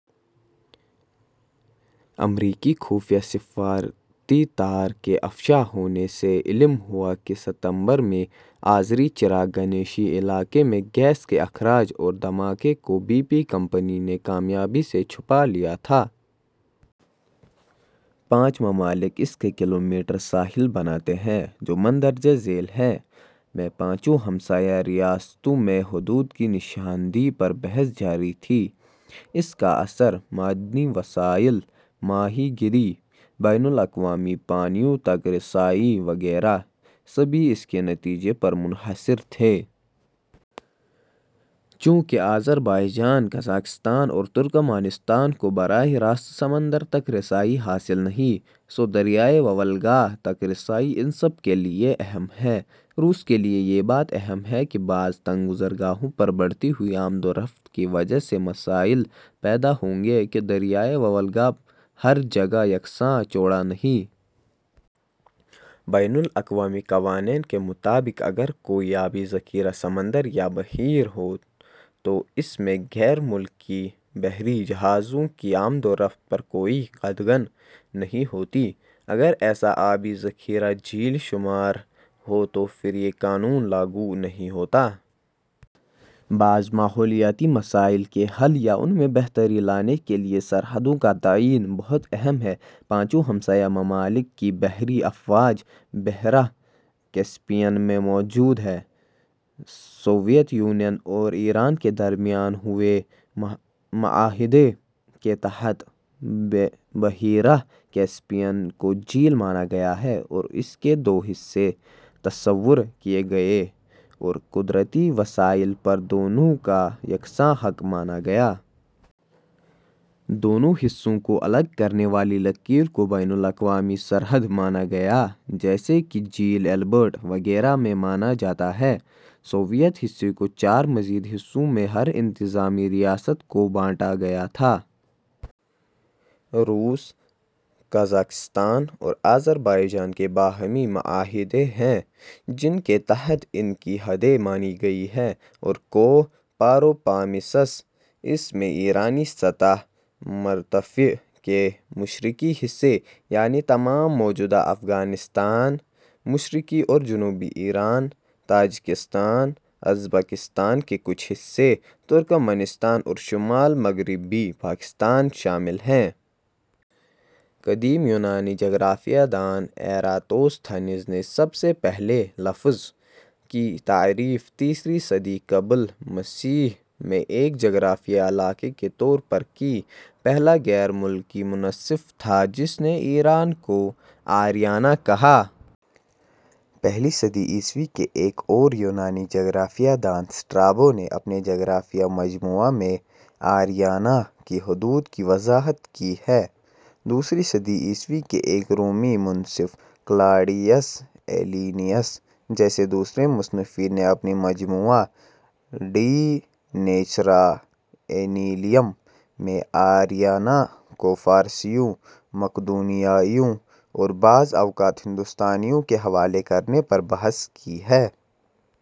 امریکی خفیہ سفارتی تار کے افشا ہونے سے علم ہوا کہ ستمبر میں آذری چراغ گنیشی علاقے میں گیس کے اخراج اور دھماکے کو بی پی کمپنی نے کامیابی سے چھپا لیا تھا۔ پانچ ممالک اس کے ، کلومیٹر ساحل بناتے ہیں جو مندرجہ ذیل ہیں: میں پانچوں ہمسائیہ ریاستوں میں حدود کی نشان دہی پر بحث جاری تھی۔ اس کا اثر معدنی وسائل ، ماہی گیری، بین الاقوامی پانیوں تک رسائی وغیرہ، سبھی اس کے نتیجے پر منحصر تھے۔ چونکہ آذربائیجان، قازقستان اور ترکمانستان کو براہ راست سمندر تک رسائی حاصل نہیں، سو دریائے وولگا تک رسائی ان سب کے لیے ا ہم ہے۔ روس کے لیے یہ بات اہم ہے کہ بعض تنگ گزرگاہوں پر بڑھتی ہوئی آمد و رفت کی وجہ سے مسائل پیدا ہوں گے کہ دریائے وولگا ہر جگہ یکساں چوڑا نہیں۔ بین الاقوامی قوانین کے مطابق اگر کوئی آبی ذخیرہ سمندر یا بحیرہ ہو تو اس میں غیر ملکی بحری جہازوں کی آمد و رفت پر کوئی قدغن نہیں ہوتی۔ اگر ایسا آبی ذخیرہ جھیل شمار ہو تو پھر یہ قانون لاگو نہیں ہوتا۔ بعض ماحولیاتی مسائل کے حل یا ان میں بہتری لانے کے لیے سرحدوں کا تعین بہت اہم ہے۔ پانچوں ہمسایہ ممالک کی بحری افواج بحیرہ کیسپیئن میں موجود ہیں۔ سوویت یونین اور ایران کے درمیان ہوئے معاہدے کے تحت بحیرہ کیسپیئن کو جھیل مانا گیا ہے اور اس کے دو حصے تصور کیے گئے اور قدرتی وسائل پر دونوں کا یکساں حق مانا گیا۔ دونوں حصوں کو الگ کرنے والی لکیر کو بین الاقوامی سرحد مانا گیا جیسا کہ جھیل البرٹ وغیرہ میں مانا جاتا ہے۔ سوویت حصے کو چار مزید حصوں میں ہر انتظامی ریاست کو بانٹا گیا تھا۔ روس، قازقستان اور آذربائیجان کے باہمی معاہدے ہیں جن کے تحت ان کی حدیں مانی گئی ہیں۔ اور کوہ پاروپامیسس ۔ اس میں ایرانی سطح مرتفع کے مشرقی حصے، یعنی تمام موجودہ افغانستان ، مشرقی اور جنوبی ایران ، تاجکستان ، ازبکستان کے کچھ حصے، ترکمانستان اور شمال مغربی پاکستان شامل ہیں۔ قدیم یونانی جغرافیہ دان ایراتوستھینز نے سب سے پہلے لفظ ''' کی تعریف تیسری صدی قبل مسیح میں ایک جغرافیائی علاقے کے طور پر کی۔ پہلا غیر ملکی مصنف تھا جس نے ایران کو آریانا کہا۔ پہلی صدی عیسوی کے ایک اور یونانی جغرافیہ دان سٹرابو نے اپنے جغرافیائی مجموعہ میں آریانا کی حدود کی وضاحت کی ہے۔ دوسری صدی عیسوی کے ایک رومی مصنف کلاڈیئس ایلیئنس جیسے دوسرے مصنفین نے اپنے مجموعہ "ڈی نیچرا اینیلیم" میں آریانا کو فارسیوں، مقدونیائیوں اور بعض اوقات ہندوستانیوں کے حوالے کرنے پر بحث کی ہے۔